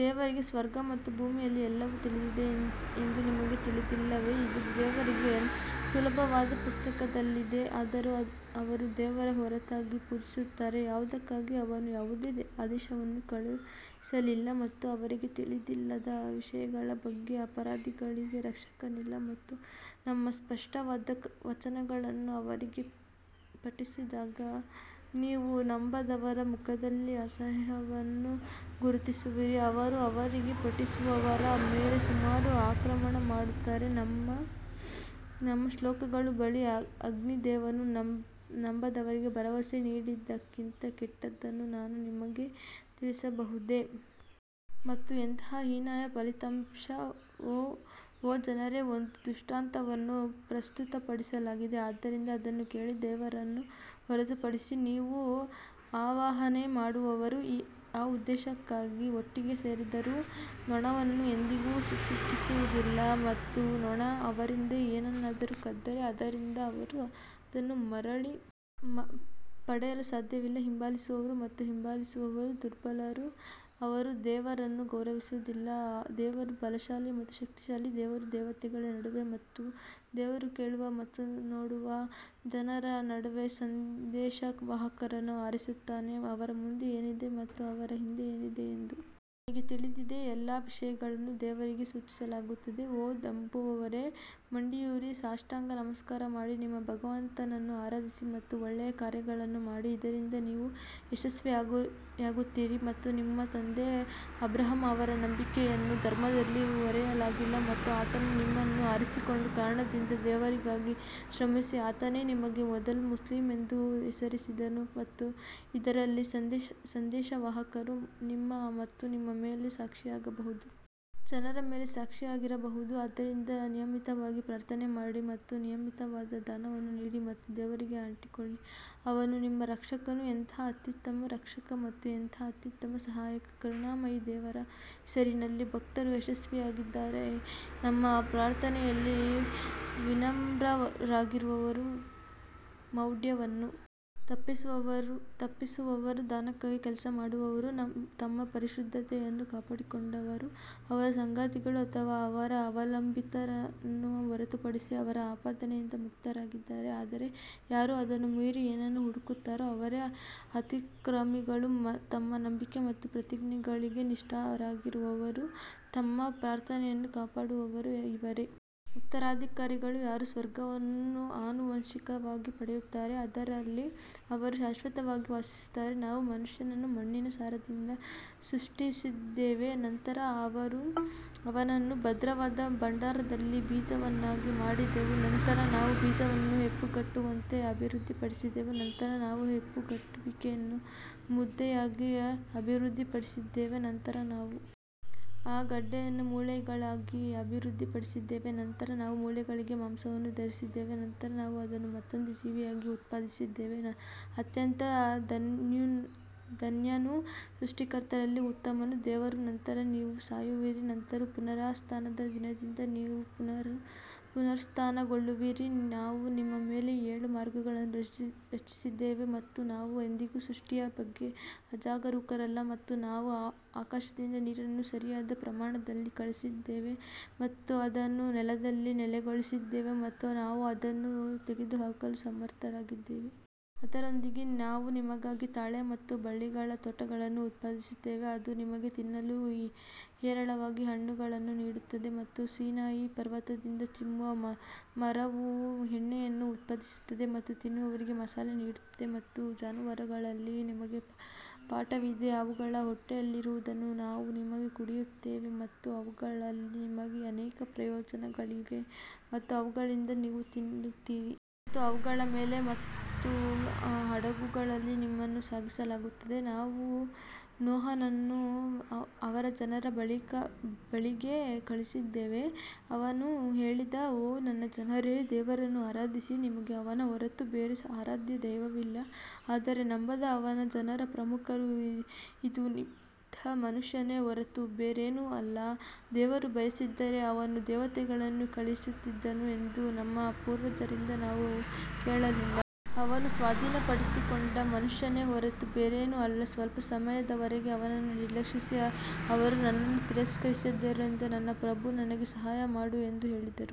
ದೇವರಿಗೆ ಸ್ವರ್ಗ ಮತ್ತು ಭೂಮಿಯಲ್ಲಿ ಎಲ್ಲವೂ ತಿಳಿದಿದೆ ಎಂದು ನಿಮಗೆ ತಿಳಿದಿಲ್ಲವೇ, ಇದು ದೇವರಿಗೆ ಸುಲಭವಾದ ಪುಸ್ತಕದಲ್ಲಿದೆ ಆದರೂ ಅವರು ದೇವರ ಹೊರತಾಗಿ ಪೂಜಿಸುತ್ತಾರೆ, ಯಾವುದಕ್ಕಾಗಿ ಅವನು ಯಾವುದೇ ಆದೇಶವನ್ನು ಕಳುಹಿಸಲಿಲ್ಲ ಮತ್ತು ಅವರಿಗೆ ತಿಳಿದಿಲ್ಲದ ವಿಷಯಗಳ ಬಗ್ಗೆ ಅಪರಾಧಿಗಳಿಗೆ ರಕ್ಷಕನಿಲ್ಲ. ಮತ್ತು ನಮ್ಮ ಸ್ಪಷ್ಟವಾದ ವಚನಗಳನ್ನು ಅವರಿಗೆ ಪಠಿಸಿದಾಗ ನೀವು ನಂಬದವರ ಮುಖದಲ್ಲಿ ಅಸಹ್ಯವನ್ನು ಗುರುತಿಸುವಿರಿ, ಅವರು ಅವರಿಗೆ ಪಠಿಸುವವರ ಮೇಲೆ ಸುಮಾರು ಆಕ್ರಮಣ ಮಾಡುತ್ತಾರೆ ನಮ್ಮ ಶ್ಲೋಕಗಳು ಹೇಳಿ, ಅಗ್ನಿದೇವನು ನಂಬದವರಿಗೆ ಭರವಸೆ ನೀಡಿದ್ದಕ್ಕಿಂತ ಕೆಟ್ಟದ್ದನ್ನು ನಾನು ನಿಮಗೆ ತಿಳಿಸಬಹುದೇ? ಮತ್ತು ಎಂತಹ ಹೀನಾಯ ಫಲಿತಾಂಶ ಓ ಜನರೇ ಒಂದು ದೃಷ್ಟಾಂತವನ್ನು ಪ್ರಸ್ತುತಪಡಿಸಲಾಗಿದೆ ಆದ್ದರಿಂದ ಅದನ್ನು ಕೇಳಿ ದೇವರನ್ನು ಹೊರತುಪಡಿಸಿ ನೀವು ಆವಾಹನೆ ಮಾಡುವವರು ಆ ಉದ್ದೇಶಕ್ಕಾಗಿ ಒಟ್ಟಿಗೆ ಸೇರಿದರೂ ನೊಣವನ್ನು ಎಂದಿಗೂ ಸೃಷ್ಟಿಸುವುದಿಲ್ಲ ಮತ್ತು ನೊಣ ಅವರಿಂದ ಏನನ್ನಾದರೂ ಕದ್ದರೆ ಅದರಿಂದ ಅವರು ಅದನ್ನು ಮರಳಿ ಪಡೆಯಲು ಸಾಧ್ಯವಿಲ್ಲ ಹಿಂಬಾಲಿಸುವವರು ಮತ್ತು ಹಿಂಬಾಲಿಸುವವರು ದುರ್ಬಲರು ಅವರು ದೇವರನ್ನು ಗೌರವಿಸುವುದಿಲ್ಲ, ದೇವರು ಬಲಶಾಲಿ ಮತ್ತು ಶಕ್ತಿಶಾಲಿ ದೇವರು ದೇವತೆಗಳ ನಡುವೆ ಮತ್ತು ದೇವರು ಕೇಳುವ ಮತ್ತು ನೋಡುವ ಜನರ ನಡುವೆ ಸಂದೇಶವಾಹಕರನ್ನು ಆರಿಸುತ್ತಾನೆ ಅವರ ಮುಂದೆ ಏನಿದೆ ಮತ್ತು ಅವರ ಹಿಂದೆ ಏನಿದೆ ಎಂದು ಅವನಿಗೆ ತಿಳಿದಿದೆ, ಎಲ್ಲಾ ವಿಷಯಗಳನ್ನು ದೇವರಿಗೆ ಸೂಚಿಸಲಾಗುತ್ತದೆ ಓ ನಂಬುವವರೇ ಮಂಡಿಯೂರಿ ಸಾಷ್ಟಾಂಗ ನಮಸ್ಕಾರ ಮಾಡಿ ನಿಮ್ಮ ಭಗವಂತನನ್ನು ಆರಾಧಿಸಿ ಮತ್ತು ಒಳ್ಳೆಯ ಕಾರ್ಯಗಳನ್ನು ಮಾಡಿ ಇದರಿಂದ ನೀವು ಯಶಸ್ವಿಯಾಗುತ್ತೀರಿ ಮತ್ತು ನಿಮ್ಮ ತಂದೆ ಅಬ್ರಹಾಂ ಅವರ ನಂಬಿಕೆಯನ್ನು ಧರ್ಮದಲ್ಲಿ ಹೊರೆಯಾಗಿಲ್ಲ ಮತ್ತು ಆತನು ನಿಮ್ಮನ್ನು ಆರಿಸಿಕೊಂಡ ಕಾರಣದಿಂದ ದೇವರಿಗಾಗಿ ಶ್ರಮಿಸಿ, ಆತನೇ ನಿಮಗೆ ಮೊದಲು ಮುಸ್ಲಿಂ ಎಂದು ಹೆಸರಿಸಿದನು ಮತ್ತು ಇದರಲ್ಲಿ ಸಂದೇಶವಾಹಕರು ನಿಮ್ಮ ಮತ್ತು ನಿಮ್ಮ ಮೇಲೆ ಸಾಕ್ಷಿಯಾಗಬಹುದು. ಜನರ ಮೇಲೆ ಸಾಕ್ಷಿಗಳಾಗಿರಬಹುದು ಆದ್ದರಿಂದ ನಿಯಮಿತವಾಗಿ ಪ್ರಾರ್ಥನೆ ಮಾಡಿ ಮತ್ತು ನಿಯಮಿತವಾದ ದಾನವನ್ನು ನೀಡಿ ಮತ್ತು ದೇವರಿಗೆ ಅಂಟಿಕೊಳ್ಳಿ ಅವನು ನಿಮ್ಮ ರಕ್ಷಕನು ಎಂತಹ ಅತ್ಯುತ್ತಮ ರಕ್ಷಕ ಮತ್ತು ಎಂತಹ ಅತ್ಯುತ್ತಮ ಸಹಾಯಕ ಕರುಣಾಮಯಿ ದೇವರ ಹೆಸರಿನಲ್ಲಿ ಭಕ್ತರು ಯಶಸ್ವಿಯಾಗಿದ್ದಾರೆ ತಮ್ಮ ಪ್ರಾರ್ಥನೆಯಲ್ಲಿ ವಿನಮ್ರರಾಗಿರುವವರು ಮೌಢ್ಯವನ್ನು ತಪ್ಪಿಸುವವರು ದಾನಕ್ಕಾಗಿ ಕೆಲಸ ಮಾಡುವವರು ತಮ್ಮ ಪರಿಶುದ್ಧತೆಯನ್ನು ಕಾಪಾಡಿಕೊಂಡವರು ಅವರ ಸಂಗಾತಿಗಳು ಅಥವಾ ಅವರ ಅವಲಂಬಿತರನ್ನು ಹೊರತುಪಡಿಸಿ ಅವರು ಆಪಾದನೆಯಿಂದ ಮುಕ್ತರಾಗಿದ್ದಾರೆ ಆದರೆ ಯಾರು ಅದನ್ನು ಮೀರಿ ಏನನ್ನು ಹುಡುಕುತ್ತಾರೋ ಅವರೇ ಅತಿಕ್ರಮಿಗಳು ತಮ್ಮ ನಂಬಿಕೆ ಮತ್ತು ಪ್ರತಿಜ್ಞೆಗಳಿಗೆ ನಿಷ್ಠರಾಗಿರುವವರು ತಮ್ಮ ಪ್ರಾರ್ಥನೆಯನ್ನು ಕಾಪಾಡುವವರು ಇವರೇ ಉತ್ತರಾಧಿಕಾರಿಗಳು ಯಾರು ಸ್ವರ್ಗವನ್ನು ಆನುವಂಶಿಕವಾಗಿ ಪಡೆಯುತ್ತಾರೆ, ಅದರಲ್ಲಿ ಅವರು ಶಾಶ್ವತವಾಗಿ ವಾಸಿಸುತ್ತಾರೆ ನಾವು ಮನುಷ್ಯನನ್ನು ಮಣ್ಣಿನ ಸಾರದಿಂದ ಸೃಷ್ಟಿಸಿದ್ದೇವೆ ನಂತರ ನಾವು ಅವನನ್ನು ಭದ್ರವಾದ ಭಂಡಾರದಲ್ಲಿ ಬೀಜವನ್ನಾಗಿ ಮಾಡಿದೆವು ನಂತರ ನಾವು ಬೀಜವನ್ನು ಹೆಪ್ಪುಗಟ್ಟುವಂತೆ ಅಭಿವೃದ್ಧಿಪಡಿಸಿದೆವು ನಂತರ ನಾವು ಹೆಪ್ಪುಗಟ್ಟುವಿಕೆಯನ್ನು ಮುದ್ದೆಯಾಗಿ ಅಭಿವೃದ್ಧಿಪಡಿಸಿದ್ದೇವೆ ನಂತರ ನಾವು ಆ ಗಡ್ಡೆಯನ್ನು ಮೂಳೆಗಳಾಗಿ ಅಭಿವೃದ್ಧಿಪಡಿಸಿದ್ದೇವೆ ನಂತರ ನಾವು ಮೂಳೆಗಳಿಗೆ ಮಾಂಸವನ್ನು ಧರಿಸಿದ್ದೇವೆ ನಂತರ ನಾವು ಅದನ್ನು ಮತ್ತೊಂದು ಜೀವಿಯಾಗಿ ಉತ್ಪಾದಿಸಿದ್ದೇವೆ ಅತ್ಯಂತ ಧನ್ಯನು ಸೃಷ್ಟಿಕರ್ತರಲ್ಲಿ ಉತ್ತಮನು ದೇವರು ನಂತರ ನೀವು ಸಾಯುವಿರಿ ನಂತರ ಪುನರುತ್ಥಾನದ ದಿನದಂದು ನೀವು ಪುನರುತ್ಥಾನಗೊಳ್ಳುವಿರಿ ನಾವು ನಿಮ್ಮ ಮೇಲೆ ಏಳು ಮಾರ್ಗಗಳನ್ನು ರಚಿಸಿದ್ದೇವೆ ಮತ್ತು ನಾವು ಎಂದಿಗೂ ಸೃಷ್ಟಿಯ ಬಗ್ಗೆ ಅಜಾಗರೂಕರಲ್ಲ ಮತ್ತು ನಾವು ಆಕಾಶದಿಂದ ನೀರನ್ನು ಸರಿಯಾದ ಪ್ರಮಾಣದಲ್ಲಿ ಕಳುಹಿಸಿದ್ದೇವೆ ಮತ್ತು ಅದನ್ನು ನೆಲದಲ್ಲಿ ನೆಲೆಗೊಳಿಸಿದ್ದೇವೆ ಮತ್ತು ನಾವು ಅದನ್ನು ತೆಗೆದುಹಾಕಲು ಸಮರ್ಥರಾಗಿದ್ದೇವೆ. ಅದರೊಂದಿಗೆ ನಾವು ನಿಮಗಾಗಿ ತಾಳೆ ಮತ್ತು ಬಳ್ಳಿಗಳ ತೋಟಗಳನ್ನು ಉತ್ಪಾದಿಸುತ್ತೇವೆ ಅದು ನಿಮಗೆ ತಿನ್ನಲು ಹೇರಳವಾಗಿ ಹಣ್ಣುಗಳನ್ನು ನೀಡುತ್ತದೆ ಮತ್ತು ಸೀನಾಯಿ ಪರ್ವತದಿಂದ ಚಿಮ್ಮುವ ಮರವು ಎಣ್ಣೆಯನ್ನು ಉತ್ಪಾದಿಸುತ್ತದೆ ಮತ್ತು ತಿನ್ನುವವರಿಗೆ ಮಸಾಲೆ ನೀಡುತ್ತದೆ ಮತ್ತು ಜಾನುವಾರುಗಳಲ್ಲಿ ನಿಮಗೆ ಪಾಠವಿದೆ, ಅವುಗಳ ಹೊಟ್ಟೆಯಲ್ಲಿರುವುದನ್ನು ನಾವು ನಿಮಗೆ ಕುಡಿಯುತ್ತೇವೆ ಮತ್ತು ಅವುಗಳಲ್ಲಿ ನಿಮಗೆ ಅನೇಕ ಪ್ರಯೋಜನಗಳಿವೆ ಮತ್ತು ಅವುಗಳಿಂದ ನೀವು ತಿನ್ನುತ್ತೀರಿ. ಮತ್ತು ಅವುಗಳ ಮೇಲೆ ಮತ್ತು ಹಡಗುಗಳಲ್ಲಿ ನಿಮ್ಮನ್ನು ಸಾಗಿಸಲಾಗುತ್ತದೆ ನಾವು ನೋಹನನ್ನು ಅವನ ಜನರ ಬಳಿಗೆ ಕಳುಹಿಸಿದ್ದೇವೆ ಅವನು ಹೇಳಿದ ಓ ನನ್ನ ಜನರೇ ದೇವರನ್ನು ಆರಾಧಿಸಿ ನಿಮಗೆ ಅವನ ಹೊರತು ಬೇರೆ ಆರಾಧ್ಯ ದೈವವಿಲ್ಲ ಆದರೆ ನಂಬದ ಅವನ ಜನರ ಪ್ರಮುಖರು, ಇದು ನಿಮ್ಮಂತಹ ಮನುಷ್ಯನೇ ಹೊರತು ಬೇರೇನೂ ಅಲ್ಲ, ದೇವರು ಬಯಸಿದ್ದರೆ ಅವನು ದೇವತೆಗಳನ್ನು ಕಳುಹಿಸುತ್ತಿದ್ದನು ಎಂದು ನಮ್ಮ ಪೂರ್ವಜರಿಂದ ನಾವು ಕೇಳಲಿಲ್ಲ. ಅವನು ಸ್ವಾಧೀನಪಡಿಸಿಕೊಂಡ ಮನುಷ್ಯನೇ ಹೊರತು ಬೇರೇನೂ ಅಲ್ಲ, ಸ್ವಲ್ಪ ಸಮಯದವರೆಗೆ ಅವನನ್ನು ನಿರ್ಲಕ್ಷಿಸಿ ಅವರು ನನ್ನನ್ನು ತಿರಸ್ಕರಿಸಿದ್ದರಿಂದ ನನ್ನ ಪ್ರಭು ನನಗೆ ಸಹಾಯ ಮಾಡು ಎಂದು ಹೇಳಿದರು.